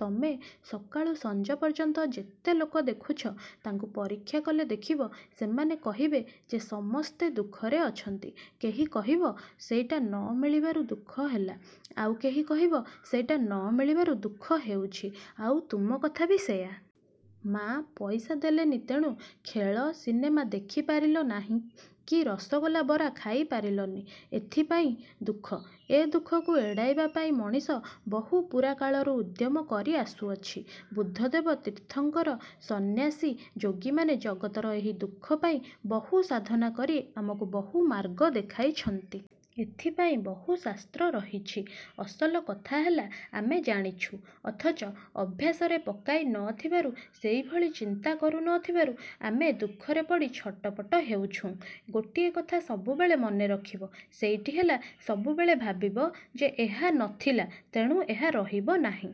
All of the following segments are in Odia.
ତମେ ସକାଳୁ ସଞ୍ଜ ପର୍ଯ୍ୟନ୍ତ ଯେତେ ଲୋକ ଦେଖୁଛ ତାଙ୍କୁ ପରୀକ୍ଷା କଲେ ଦେଖିବ, ସେମାନେ କହିବେ ଯେ ସମସ୍ତେ ଦୁଃଖରେ ଅଛନ୍ତି। କେହି କହିବ, ସେଇଟା ନ ମିଳିବାରୁ ଦୁଃଖ ହେଲା। ଆଉ କେହି କହିବ ସେଇଟା ନ ମିଳିବାରୁ ଦୁଃଖ ହେଉଛି। ଆଉ ତୁମ କଥା ବି ସେଇୟା-। ମା' ପଇସା ଦେଲେନି ତେଣୁ ଖେଳ ସିନେମା ଦେଖିପାରିଲ ନାହିଁ କି ରସଗୋଲା ବରା ଖାଇ ପାରିଲନି। ଏଇଥିପାଇଁ। ଦୁଃଖ। ଏ ଦୁଃଖକୁ ଏଡ଼ାଇବା ପାଇଁ ମଣିଷ ବହୁ ପୁରାକାଳରୁ ଉଦ୍ୟମ କରି ଆସୁଅଛି। ବୁଦ୍ଧଦେବ, ତୀର୍ଥଙ୍କର, ସନ୍ନ୍ୟାସୀ ଯୋଗୀମାନେ ଜଗତର ଏହି ଦୁଃଖ ପାଇଁ ବହୁ ସାଧନା କରି ଆମକୁ ବହୁମାର୍ଗ ଦେଖାଇଛନ୍ତି। ଏଥିପାଇଁ ବହୁ ଶାସ୍ତ୍ର ରହିଛି। ଅସଲ କଥା ହେଲା ଆମେ ଜାଣିଛୁ, ଅଥଚ ଅଭ୍ୟାସରେ ପକାଇ ନ ଥିବାରୁ, ସେଇଭଳି ଚିନ୍ତା କରୁ ନ ଥିବାରୁ ଆମେ ଦୁଃଖରେ ପଡ଼ି ଛଟପଟ ହେଉଛୁଁ। ଗୋଟିଏ କଥା ସବୁବେଳେ ମନେ ରଖିବ। ସେଇଟି ହେଲା ସବୁବେଳେ ଭାବିବ ଯେ ''ଏହା ନ ଥିଲା, ତେଣୁ ଏହା ରହିବ ନାହିଁ।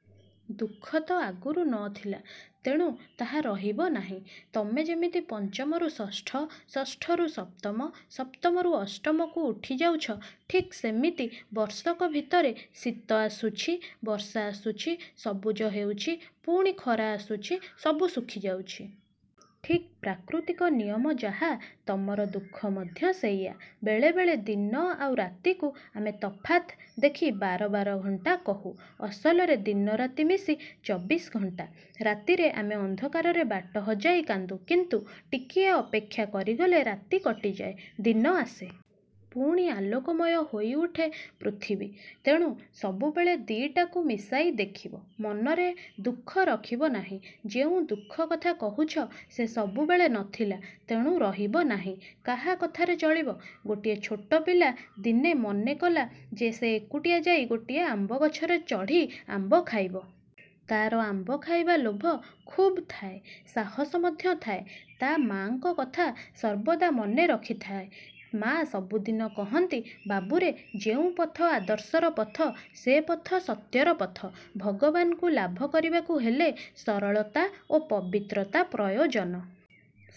'' ଦୁଃଖତ ଆଗରୁ ନ ଥିଲା, ତେଣୁ ତାହା ରହିବ ନାହିଁ। ତମେ ଯେମିତି ପଞ୍ଚମରୁ ଷଷ୍ଠ, ଷଷ୍ଠରୁ ସପ୍ତମ, ସପ୍ତମରୁ ଅଷ୍ଟମକୁ ଉଠି ଯାଉଛ, ଠିକ୍ ସେମିତି ବର୍ଷକ ଭିତରେ ଶୀତ ଆସୁଛି, ବର୍ଷା ଆସୁଛି, ସବୁଜ ହେଉଛି, ପୁଣି ଖରା ଆସୁଛି, ସବୁ ଶୁଖି ଯାଉଛି। ଠିକ୍ ପ୍ରାକୃତିକ ନିୟମ ଯାହା, ତମର ଦୁଃଖ ମଧ୍ୟ ସେଇଆ। ବେଳେ ବେଳେ ଦିନ ଆଉ ରାତିକୁ ଆମେ ତଫାତ୍ ଦେଖି ବାର ବାର ଘଣ୍ଟା କହୁ। ଅସଲରେ ଦିନରାତି ମିଶି ଚବିଶ ଘଣ୍ଟା। ରାତିରେ ଆମେ ଅନ୍ଧକାରରେ ବାଟ ହଜାଇ କାନ୍ଦୁ, କିନ୍ତୁ ଟିକିଏ ଅପେକ୍ଷା କରିଗଲେ ରାତି କଟିଯାଏ, ଦିନ ଆସେ। ପୁଣି ଆଲୋକମୟ ହୋଇଉଠେ ପୃଥିବୀ। ତେଣୁ ସବୁବେଳେ ଦି'ଟାକୁ ମିଶାଇ ଦେଖିବ। ମନରେ ଦୁଃଖ ରହିବ ନାହିଁ। ଯେଉଁ ଦୁଃଖ କଥା କହୁଛ, ସେ ସବୁବେଳେ ନ ଥିଲା, ତେଣୁ ରହିବ ନାହିଁ। କାହା କଥାରେ ଚଳିବ? ଗୋଟିଏ ଛୋଟ ପିଲା ଦିନେ ମନେକଲା ଯେ ସେ ଏକୁଟିଆ ଯାଇ ଗୋଟିଏ ଆମ୍ବଗଛରେ ଚଢ଼ି ଆମ୍ବ ଖାଇବ। ତା'ର ଆମ୍ବ ଖାଇବା ଲୋଭ ଖୁବ୍ ଥାଏ। ସାହସ ମଧ୍ୟ ଥାଏ। ତା' ମା'ଙ୍କ କଥା ସର୍ବଦା ମନେ ରଖିଥାଏ। ମା ସବୁଦିନ କହନ୍ତି, ''ବାବୁରେ, ଯେଉଁ ପଥ ଆଦର୍ଶର ପଥ, ସେ ପଥ ସତ୍ୟର ପଥ। ଭଗବାନଙ୍କୁ ଲାଭ କରିବାକୁ ହେଲେ ସରଳତା ଓ ପବିତ୍ରତା ପ୍ରୟୋଜନ।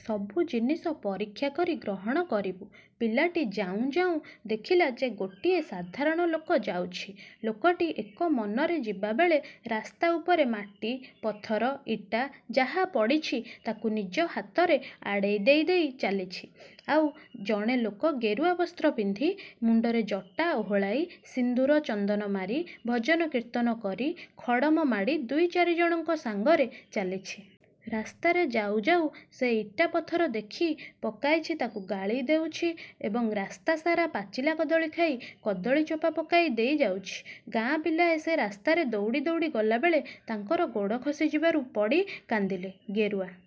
ସବୁ ଜିନିଷ ପରୀକ୍ଷା କରି ଗ୍ରହଣ କରିବୁ। '' ପିଲାଟି ଯାଉଁ ଯାଉଁ ଦେଖିଲା ଯେ ଗୋଟିଏ ସାଧାରଣ ଲୋକ ଯାଉଛି। ଲୋକଟି ଏକ ମନରେ ଯିବାବେଳେ ରାସ୍ତା ଉପରେ ମାଟି-ପଥର-ଇଟା ଯାହା ପଡ଼ିଛି, ତାକୁ ନିଜ ହାତରେ ଆଡ଼େଇ ଦେଇ ଦେଇ ଚାଲିଛି। ଆଉ ଜଣେ ଲୋକ ଗେରୁଆ ବସ୍ତ୍ର ପିନ୍ଧି, ମୁଣ୍ତରେ ଜଟା ଓହଳାଇ ସିନ୍ଦୂର-ଚନ୍ଦନ ମାରି, ଭଜନ-କୀର୍ତ୍ତନ କରି, ଖଡ଼ମ ମାଡ଼ି ଦୁଇଚାରିଜଣଙ୍କ ସାଙ୍ଗରେ ଚାଲିଛି। ରାସ୍ତାରେ ଯାଉ ଯାଉ ସେ ଇଟା-ପଥର ଦେଖି, ପକାଇଛି ତାକୁ ଗାଳି ଦେଉଛି ଏବଂ ରାସ୍ତାସାରା ପାଚିଲା କଦଳୀ ଖାଇ କଦଳୀ ଚୋପା ପକାଇ ଦେଇ ଯାଉଛି। ଗାଁ ପିଲାଏ ସେ ରାସ୍ତାରେ ଦଉଡ଼ି ଦଉଡ଼ି ଗଲାବେଳେ ତାଙ୍କର ଗୋଡ଼ ଖସିଯିବାରୁ ପଡ଼ି କାନ୍ଦିଲେ। ଗେରୁଆ